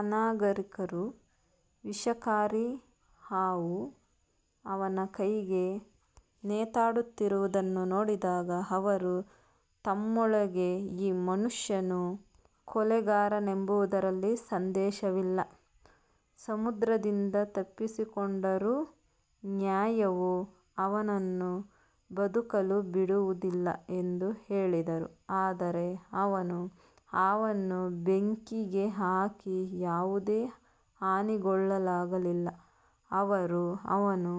ಅನಾಗರಿಕರು ವಿಷಕಾರಿ ಹಾವು ಅವನ ಕೈಗೆ ನೇತಾಡುತ್ತಿರುವುದನ್ನು ನೋಡಿದಾಗ, ಅವರು ತಮ್ಮೊಳಗೆ, ಈ ಮನುಷ್ಯನು ಕೊಲೆಗಾರನೆಂಬುದರಲ್ಲಿ ಸಂದೇಹವಿಲ್ಲ, ಸಮುದ್ರದಿಂದ ತಪ್ಪಿಸಿಕೊಂಡರೂ ನ್ಯಾಯವು ಅವನನ್ನು ಬದುಕಲು ಬಿಡುವುದಿಲ್ಲ ಎಂದು ಹೇಳಿದರು. ಆದರೆ ಅವನು ಹಾವನ್ನು ಬೆಂಕಿಗೆ ಹಾಕಿ ಯಾವುದೇ ಹಾನಿಗೊಳಗಾಗಲಿಲ್ಲ. ಅವರು ಅವನು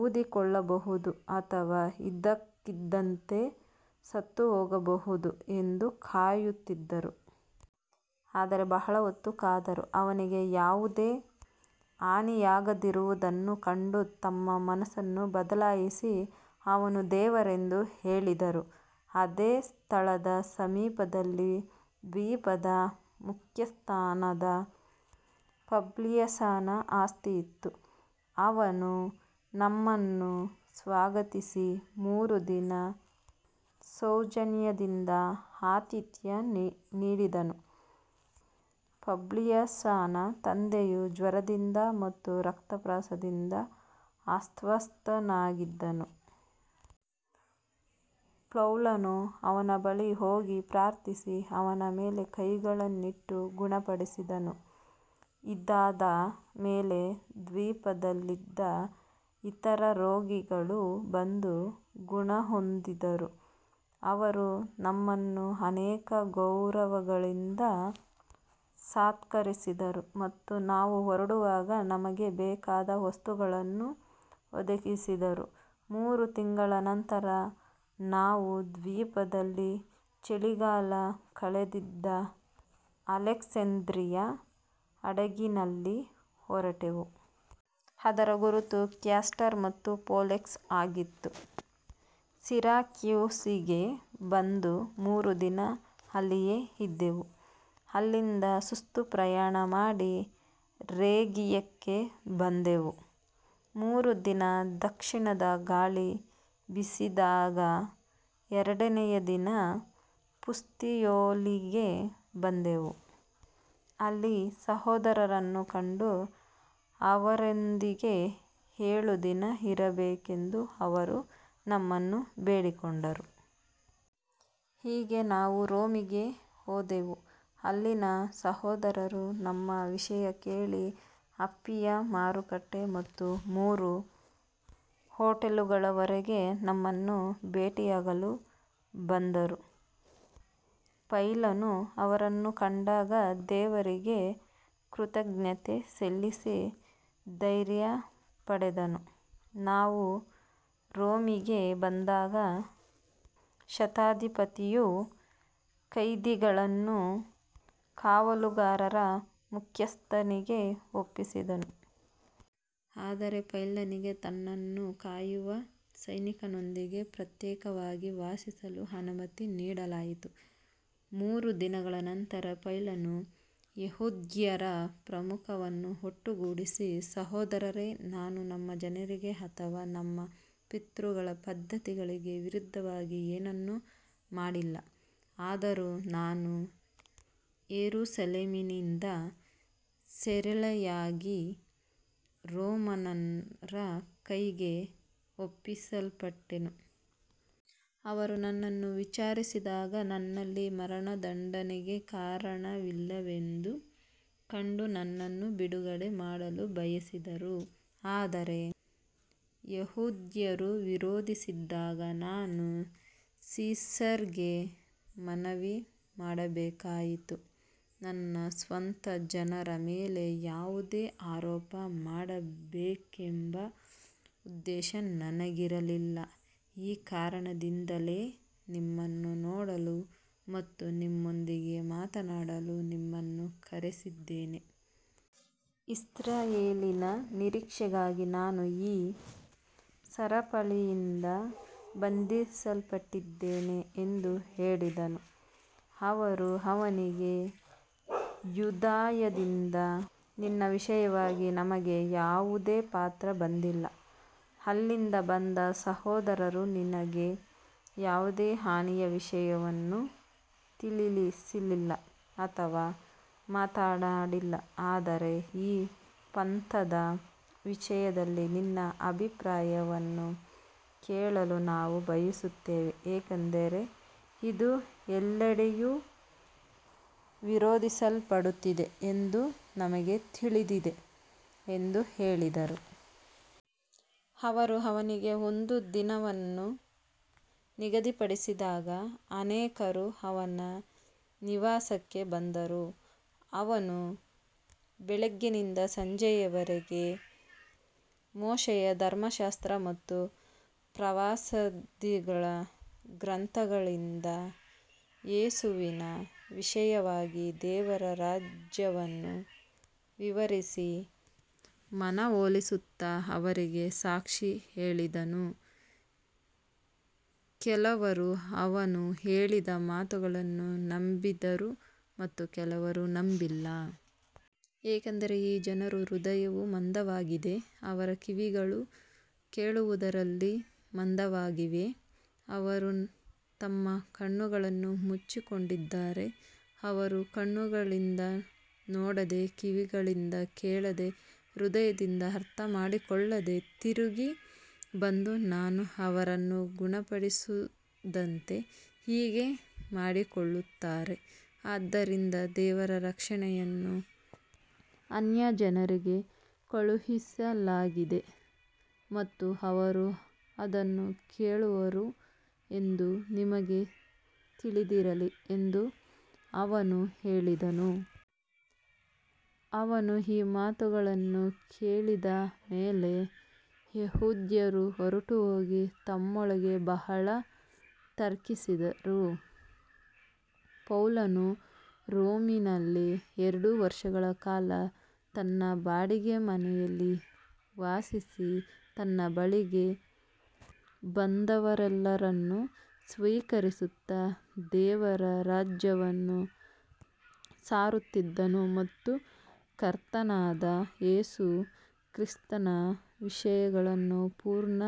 ಊದಿಕೊಳ್ಳಬಹುದು ಅಥವಾ ಇದ್ದಕ್ಕಿದ್ದಂತೆ ಸತ್ತುಹೋಗಬಹುದು ಎಂದು ಕಾಯುತ್ತಿದ್ದರು. ಆದರೆ ಬಹಳ ಹೊತ್ತು ಕಾದರೂ ಅವನಿಗೆ ಯಾವುದೇ ಹಾನಿಯಾಗದಿರುವುದನ್ನು ಕಂಡು ತಮ್ಮ ಮನಸ್ಸನ್ನು ಬದಲಾಯಿಸಿ, ಅವನು ದೇವರೆಂದು ಹೇಳಿದರು. ಅದೇ ಸ್ಥಳದ ಸಮೀಪದಲ್ಲಿ ದ್ವೀಪದ ಮುಖ್ಯಸ್ಥನಾದ ಪಬ್ಲಿಯಸನ ಆಸ್ತಿ ಇತ್ತು. ಅವನು ನಮ್ಮನ್ನು ಸ್ವಾಗತಿಸಿ ಮೂರು ದಿನ ಸೌಜನ್ಯದಿಂದ ಆತಿಥ್ಯ ನೀಡಿದನು. ಪಬ್ಲಿಯಸನ ತಂದೆಯು ಜ್ವರದಿಂದ ಮತ್ತು ರಕ್ತಸ್ರಾವದಿಂದ ಅಸ್ವಸ್ಥನಾಗಿದ್ದನು. ಪೌಲನು ಅವನ ಬಳಿಗೆ ಹೋಗಿ ಪ್ರಾರ್ಥಿಸಿ, ಅವನ ಮೇಲೆ ಕೈಗಳನ್ನಿಟ್ಟು ಗುಣಪಡಿಸಿದನು. ಇದಾದ ಮೇಲೆ ದ್ವೀಪದಲ್ಲಿದ್ದ ಇತರ ರೋಗಿಗಳೂ ಬಂದು ಗುಣಹೊಂದಿದರು. ಅವರು ನಮ್ಮನ್ನು ಅನೇಕ ಗೌರವಗಳಿಂದ ಸತ್ಕರಿಸಿದರು ಮತ್ತು ನಾವು ಹೊರಡುವಾಗ ನಮಗೆ ಬೇಕಾದ ವಸ್ತುಗಳನ್ನು ಒದಗಿಸಿದರು. ಮೂರು ತಿಂಗಳ ನಂತರ ನಾವು ದ್ವೀಪದಲ್ಲಿ ಚಳಿಗಾಲ ಕಳೆದಿದ್ದ ಅಲೆಕ್ಸಾಂದ್ರಿಯದ ಹಡಗಿನಲ್ಲಿ ಹೊರಟೆವು. ಅದರ ಗುರುತು ಕ್ಯಾಸ್ಟರ್ ಮತ್ತು ಪೊಲಕ್ಸ್ ಆಗಿತ್ತು. ಸಿರಾಕ್ಯೂಸಿಗೆ ಬಂದು ಮೂರು ದಿನ ಅಲ್ಲಿಯೇ ಇದ್ದೆವು. ಅಲ್ಲಿಂದ ಸುತ್ತುಪ್ರಯಾಣ ಮಾಡಿ ರೇಗಿಯಕ್ಕೆ ಬಂದೆವು. ಮರುದಿನ ದಕ್ಷಿಣದ ಗಾಳಿ ಬೀಸಿದಾಗ ಎರಡನೆಯ ದಿನ ಪುತ್ತಿಯೋಲಿಗೆ ಬಂದೆವು. ಅಲ್ಲಿ ಸಹೋದರರನ್ನು ಕಂಡು ಅವರೊಂದಿಗೆ ಏಳು ದಿನ ಇರಬೇಕೆಂದು ಅವರು ನಮ್ಮನ್ನು ಬೇಡಿಕೊಂಡರು. ಹೀಗೆ ನಾವು ರೋಮಿಗೆ ಹೋದೆವು. ಅಲ್ಲಿನ ಸಹೋದರರು ನಮ್ಮ ವಿಷಯ ಕೇಳಿ ಅಪ್ಪಿಯ ಮಾರುಕಟ್ಟೆ ಮತ್ತು ಮೂರು ಹೋಟೆಲುಗಳವರೆಗೆ ನಮ್ಮನ್ನು ಭೇಟಿಯಾಗಲು ಬಂದರು. ಪೌಲನು ಅವರನ್ನು ಕಂಡಾಗ ದೇವರಿಗೆ ಕೃತಜ್ಞತೆ ಸಲ್ಲಿಸಿ ಧೈರ್ಯ ಪಡೆದನು. ನಾವು ರೋಮಿಗೆ ಬಂದಾಗ ಶತಾಧಿಪತಿಯು ಕೈದಿಗಳನ್ನು ಕಾವಲುಗಾರರ ಮುಖ್ಯಸ್ಥನಿಗೆ ಒಪ್ಪಿಸಿದನು. ಆದರೆ ಪೌಲನಿಗೆ ತನ್ನನ್ನು ಕಾಯುವ ಸೈನಿಕನೊಂದಿಗೆ ಪ್ರತ್ಯೇಕವಾಗಿ ವಾಸಿಸಲು ಅನುಮತಿ ನೀಡಲಾಯಿತು. ಮೂರು ದಿನಗಳ ನಂತರ ಪೌಲನು ಯೆಹೂದ್ಯರ ಪ್ರಮುಖರನ್ನು ಒಟ್ಟುಗೂಡಿಸಿ, ಸಹೋದರರೇ, ನಾನು ನಮ್ಮ ಜನರಿಗೆ ಅಥವಾ ನಮ್ಮ ಪಿತೃಗಳ ಪದ್ಧತಿಗಳಿಗೆ ವಿರುದ್ಧವಾಗಿ ಏನನ್ನೂ ಮಾಡಿಲ್ಲ. ಆದರೂ ನಾನು ಯೆರೂಸಲೇಮಿನಿಂದ ಸೆರೆಯಾಳಾಗಿ ರೋಮನ್ನರ ಕೈಗೆ ಒಪ್ಪಿಸಲ್ಪಟ್ಟೆನು. ಅವರು ನನ್ನನ್ನು ವಿಚಾರಿಸಿದಾಗ ನನ್ನಲ್ಲಿ ಮರಣದಂಡನೆಗೆ ಕಾರಣವಿಲ್ಲವೆಂದು ಕಂಡು ನನ್ನನ್ನು ಬಿಡುಗಡೆ ಮಾಡಲು ಬಯಸಿದರು. ಆದರೆ ಯೆಹೂದ್ಯರು ವಿರೋಧಿಸಿದಾಗ ನಾನು ಸೀಸರ್‌ಗೆ ಮನವಿ ಮಾಡಬೇಕಾಯಿತು. ನನ್ನ ಸ್ವಂತ ಜನರ ಮೇಲೆ ಯಾವುದೇ ಆರೋಪ ಮಾಡಬೇಕೆಂಬ ಉದ್ದೇಶ ನನಗಿರಲಿಲ್ಲ. ಈ ಕಾರಣದಿಂದಲೇ ನಿಮ್ಮನ್ನು ನೋಡಲು ಮತ್ತು ನಿಮ್ಮೊಂದಿಗೆ ಮಾತನಾಡಲು ನಿಮ್ಮನ್ನು ಕರೆಸಿದ್ದೇನೆ. ಇಸ್ರಾಯೇಲಿನ ನಿರೀಕ್ಷೆಗಾಗಿ ನಾನು ಈ ಸರಪಳಿಯಿಂದ ಬಂಧಿಸಲ್ಪಟ್ಟಿದ್ದೇನೆ ಎಂದು ಹೇಳಿದನು. ಅವರು ಅವನಿಗೆ, ಯೂದಾಯದಿಂದ ನಿನ್ನ ವಿಷಯವಾಗಿ ನಮಗೆ ಯಾವುದೇ ಪತ್ರ ಬಂದಿಲ್ಲ, ಅಲ್ಲಿಂದ ಬಂದ ಸಹೋದರರೂ ನಿನಗೆ ಯಾವುದೇ ಹಾನಿಯ ವಿಷಯವನ್ನು ತಿಳಿಸಿಲ್ಲ ಅಥವಾ ಮಾತನಾಡಿಲ್ಲ. ಆದರೆ ಈ ಪಂಥದ ವಿಷಯದಲ್ಲಿ ನಿನ್ನ ಅಭಿಪ್ರಾಯವನ್ನು ಕೇಳಲು ನಾವು ಬಯಸುತ್ತೇವೆ, ಏಕೆಂದರೆ ಇದು ಎಲ್ಲೆಡೆಯೂ ವಿರೋಧಿಸಲ್ಪಡುತ್ತಿದೆ ಎಂದು ನಮಗೆ ತಿಳಿದಿದೆ ಎಂದು ಹೇಳಿದರು. ಅವರು ಅವನಿಗೆ ಒಂದು ದಿನವನ್ನು ನಿಗದಿಪಡಿಸಿದಾಗ ಅನೇಕರು ಅವನ ನಿವಾಸಕ್ಕೆ ಬಂದರು. ಅವನು ಬೆಳಗ್ಗಿನಿಂದ ಸಂಜೆಯವರೆಗೆ ಮೋಶೆಯ ಧರ್ಮಶಾಸ್ತ್ರ ಮತ್ತು ಪ್ರವಾದಿಗಳ ಗ್ರಂಥಗಳಿಂದ ಯೇಸುವಿನ ವಿಷಯವಾಗಿ ದೇವರ ರಾಜ್ಯವನ್ನು ವಿವರಿಸಿ ಮನವೊಲಿಸುತ್ತಾ ಅವರಿಗೆ ಸಾಕ್ಷಿ ಹೇಳಿದನು. ಕೆಲವರು ಅವನು ಹೇಳಿದ ಮಾತುಗಳನ್ನು ನಂಬಿದರು ಮತ್ತು ಕೆಲವರು ನಂಬಲಿಲ್ಲ. ಏಕೆಂದರೆ ಈ ಜನರ ಹೃದಯವು ಮಂದವಾಗಿದೆ, ಅವರ ಕಿವಿಗಳು ಕೇಳುವುದರಲ್ಲಿ ಮಂದವಾಗಿವೆ, ಅವರು ತಮ್ಮ ಕಣ್ಣುಗಳನ್ನು ಮುಚ್ಚಿಕೊಂಡಿದ್ದಾರೆ. ಅವರು ಕಣ್ಣುಗಳಿಂದ ನೋಡದೆ, ಕಿವಿಗಳಿಂದ ಕೇಳದೆ, ಹೃದಯದಿಂದ ಅರ್ಥಮಾಡಿಕೊಳ್ಳದೆ, ತಿರುಗಿ ಬಂದು ನಾನು ಅವರನ್ನು ಗುಣಪಡಿಸದಂತೆ ಹೀಗೆ ಮಾಡಿಕೊಳ್ಳುತ್ತಾರೆ. ಆದ್ದರಿಂದ ದೇವರ ರಕ್ಷಣೆಯನ್ನು ಅನ್ಯಜನರಿಗೆ ಕಳುಹಿಸಲಾಗಿದೆ ಮತ್ತು ಅವರು ಅದನ್ನು ಕೇಳುವರು ಎಂದು ನಿಮಗೆ ತಿಳಿದಿರಲಿ ಎಂದು ಅವನು ಹೇಳಿದನು. ಅವನು ಈ ಮಾತುಗಳನ್ನು ಹೇಳಿದ ಮೇಲೆ ಯೆಹೂದ್ಯರು ಹೊರಟುಹೋಗಿ ತಮ್ಮೊಳಗೆ ಬಹಳ ತರ್ಕಿಸಿದರು. ಪೌಲನು ರೋಮಿನಲ್ಲಿ ಎರಡು ವರ್ಷಗಳ ಕಾಲ ತನ್ನ ಬಾಡಿಗೆ ಮನೆಯಲ್ಲಿ ವಾಸಿಸಿ, ತನ್ನ ಬಳಿಗೆ ಬಂದವರೆಲ್ಲರನ್ನು ಸ್ವೀಕರಿಸುತ್ತಾ, ದೇವರ ರಾಜ್ಯವನ್ನು ಸಾರುತ್ತಿದ್ದನು ಮತ್ತು ಕರ್ತನಾದ ಯೇಸು ಕ್ರಿಸ್ತನ ವಿಷಯಗಳನ್ನು ಪೂರ್ಣ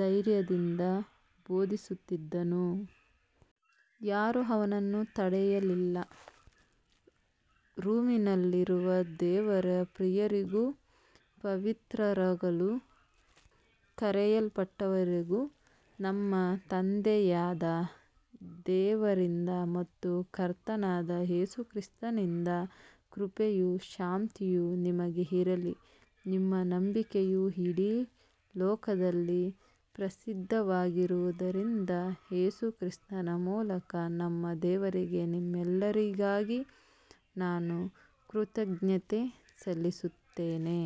ಧೈರ್ಯದಿಂದ ಬೋಧಿಸುತ್ತಿದ್ದನು. ಯಾರೂ ಅವನನ್ನು ತಡೆಯಲಿಲ್ಲ. ರೋಮಿನಲ್ಲಿರುವ ದೇವರ ಪ್ರಿಯರಿಗೂ ಪವಿತ್ರರಾಗಲು ಕರೆಯಲ್ಪಟ್ಟವರಿಗೂ, ನಮ್ಮ ತಂದೆಯಾದ ದೇವರಿಂದ ಮತ್ತು ಕರ್ತನಾದ ಯೇಸು ಕ್ರಿಸ್ತನಿಂದ ಕೃಪೆಯೂ ಶಾಂತಿಯೂ ನಿಮಗೆ ಇರಲಿ. ನಿಮ್ಮ ನಂಬಿಕೆಯು ಇಡೀ ಲೋಕದಲ್ಲಿ ಪ್ರಸಿದ್ಧವಾಗಿರುವುದರಿಂದ, ಯೇಸು ಕ್ರಿಸ್ತನ ಮೂಲಕ ನನ್ನ ದೇವರಿಗೆ ನಿಮ್ಮೆಲ್ಲರಿಗಾಗಿ ನಾನು ಕೃತಜ್ಞತೆ ಸಲ್ಲಿಸುತ್ತೇನೆ.